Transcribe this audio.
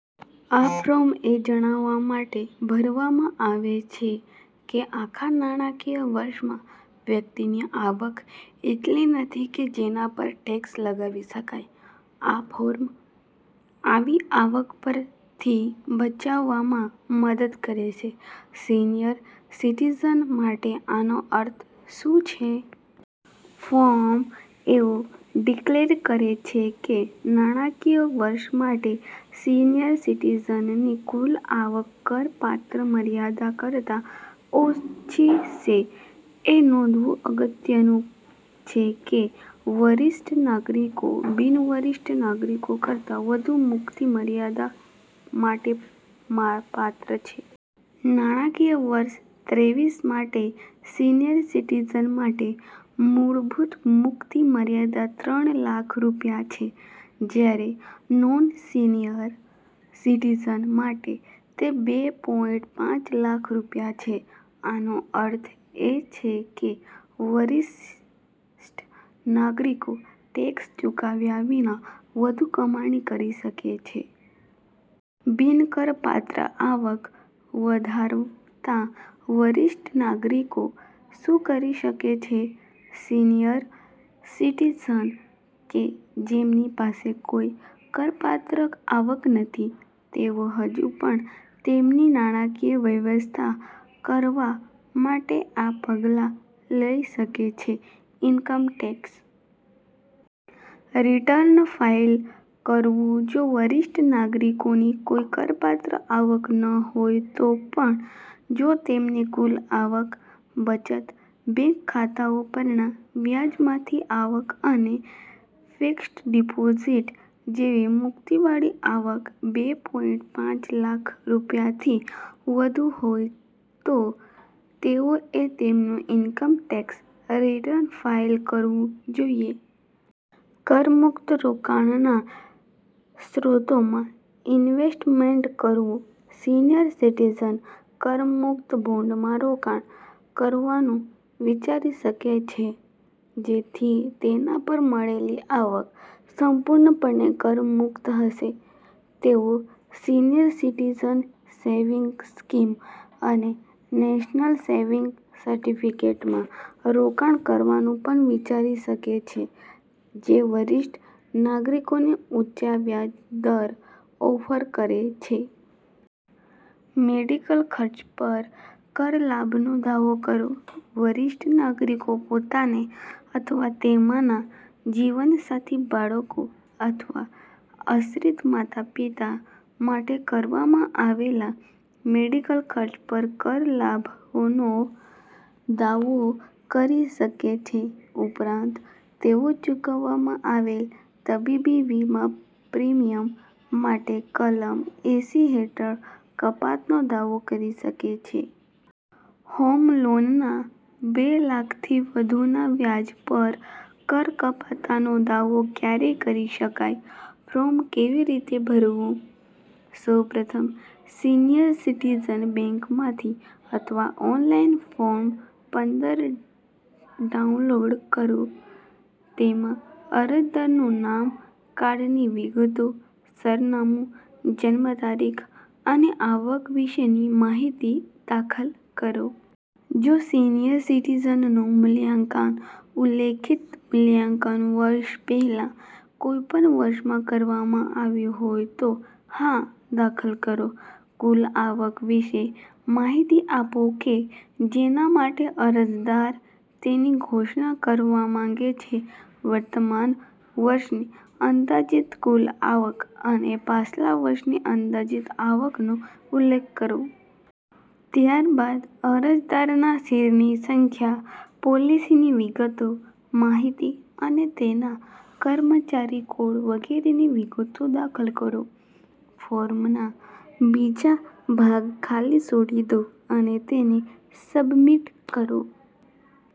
આ ફોર્મ એ જણાવવા માટે ભરવામાં આવે છે કે આખા નાણાકીય વર્ષમાં વ્યક્તિની આવક એટલી નથી કે જેના પર ટેક્સ લગાવી શકાય. આ ફોર્મ આવી આવક પર થી બચાવામાં મદદ કરે છે. સિનિયર સિટીઝન માટે આનો અર્થ શું છે? ફોર્મ એવું ડિક્લેર કરે છે કે નાણાકીય વર્ષ માટે સિનિયર સિટીઝનની કુલ આવક કરપાત્ર મર્યાદા કરતાં ઓછી છે. એ નોંધવું અગત્યનું છે કે વરિષ્ઠ નાગરિકો બિન-વરિષ્ઠ નાગરિકો કરતાં વધુ મુક્તિ મર્યાદા માટે પાત્ર છે. નાણાકીય વર્ષ ત્રેવીસ માટે, સિનિયર સિટીઝન માટે મૂળભૂત મુક્તિ મર્યાદા ત્રણ લાખ રૂપિયા છે, જ્યારે નોન-સિનિયર સિટીઝન માટે તે બે પોઈંટ પાંચ લાખ રૂપિયા છે. આનો અર્થ એ છે કે વરિષ્ઠ નાગરિકો ટેક્સ ચૂકવ્યા વિના વધુ કમાણી કરી શકે છે. બિન-કરપાત્ર આવક ધરાવતા વરિષ્ઠ નાગરિકો શું કરી શકે છે? સિનિયર સિટીઝન કે જેમની પાસે કોઈ કરપાત્ર આવક નથી તેઓ હજુ પણ તેમની નાણાકીય વ્યવસ્થા કરવા માટે આ પગલાં લઈ શકે છે. ઇન્કમ ટેક્સ રિટર્ન ફાઈલ કરવું જો વરિષ્ઠ નાગરિકોની કોઈ કરપાત્ર આવક ન હોય તો પણ, જો તેમની કુલ આવક, બચત બેંક ખાતાઓ પરના વ્યાજમાંથી આવક અને ફિક્સ્ડ ડિપોઝિટ જેવી મુક્તિવાળી આવક બે પોઈંટ પાંચ લાખ રૂપિયાથી વધુ હોય તો તેઓએ તેમનું ઈન્કમ ટેક્સ રિટર્ન ફાઈલ કરવું જોઈએ. કરમુક્ત રોકાણના સ્ત્રોતમાં ઇન્વેસ્ટમંન્ટ કરવું, સિનિયર સિટીઝન કરમુક્ત બોન્ડમાં રોકાણ કરવાનું વિચારી શકે છે. જેથી તેના પર મળેલી આવક સંપૂર્ણપણે કરમુક્ત હશે. તેઓ સિનિયર સિટિઝન સેવિંગ્સ સ્કીમ અને નેશનલ સેવિંગ્સ સર્ટિફિકેટમાં રોકાણ કરવાનું પણ વિચારી શકે છે, જે વરિષ્ઠ નાગરિકોને ઊંચા વ્યાજ દર ઓફર કરે છે. મેડિકલ ખર્ચ પર કરલાભનો દાવો કરો. વરિષ્ઠ નાગરિકો પોતાને અથવા તેમના જીવનસાથી, બાળકો અથવા આશ્રિત માતાપિતા માટે કરવામાં આવેલા મેડિકલ ખર્ચ પર કર લાભોનો દાવો કરી શકે છે. ઉપરાંત, તેઓ ચૂકવવામાં આવેલ તબીબી વીમા પ્રીમિયમ માટે કલમ એંસી હેઠળ કપાતનો દાવો કરી શકે છે. હોમ લોનના બે લાખથી વધુના વ્યાજ પર કર કપાતનો દાવો ક્યારે કરી શકાય, ફોર્મ કેવી રીતે ભરવું? સૌપ્રથમ સિનિયર સિટીઝન બેંકમાંથી અથવા ઓનલાઈન ફોર્મ પંદર ડાઉનલોડ કરો. તેમાં અરજદારનું નામ, કાર્ડની વિગતો, સરનામું, જન્મ તારીખ અને આવક વિશેની માહિતી દાખલ કરો. જો સિનિયરસિટીઝનનું મૂલ્યાંકન ઉલ્લેખિત મૂલ્યાંકન વર્ષ પહેલા કોઈપણ વર્ષમાં કરવામાં આવ્યું હોય તો 'હા' દાખલ કરો. કુલ આવક વિશે માહિતી આપો કે જેના માટે અરજદાર તેની ઘોષણા કરવા માંગે છે. વર્તમાન વર્ષની અંદાજિત કુલ આવક અને પાછલા વર્ષની અંદાજિત આવકનો ઉલ્લેખ કરો. ત્યારબાદ અરજદારના શેરની સંખ્યા, પોલિસીની વિગતો, માહિતી અને તેના કર્મચારી કોડ વગેરેની વિગતો દાખલ કરો. ફોર્મનો બીજા ભાગ ખાલી છોડી દો અને તેને સબમિટ કરો.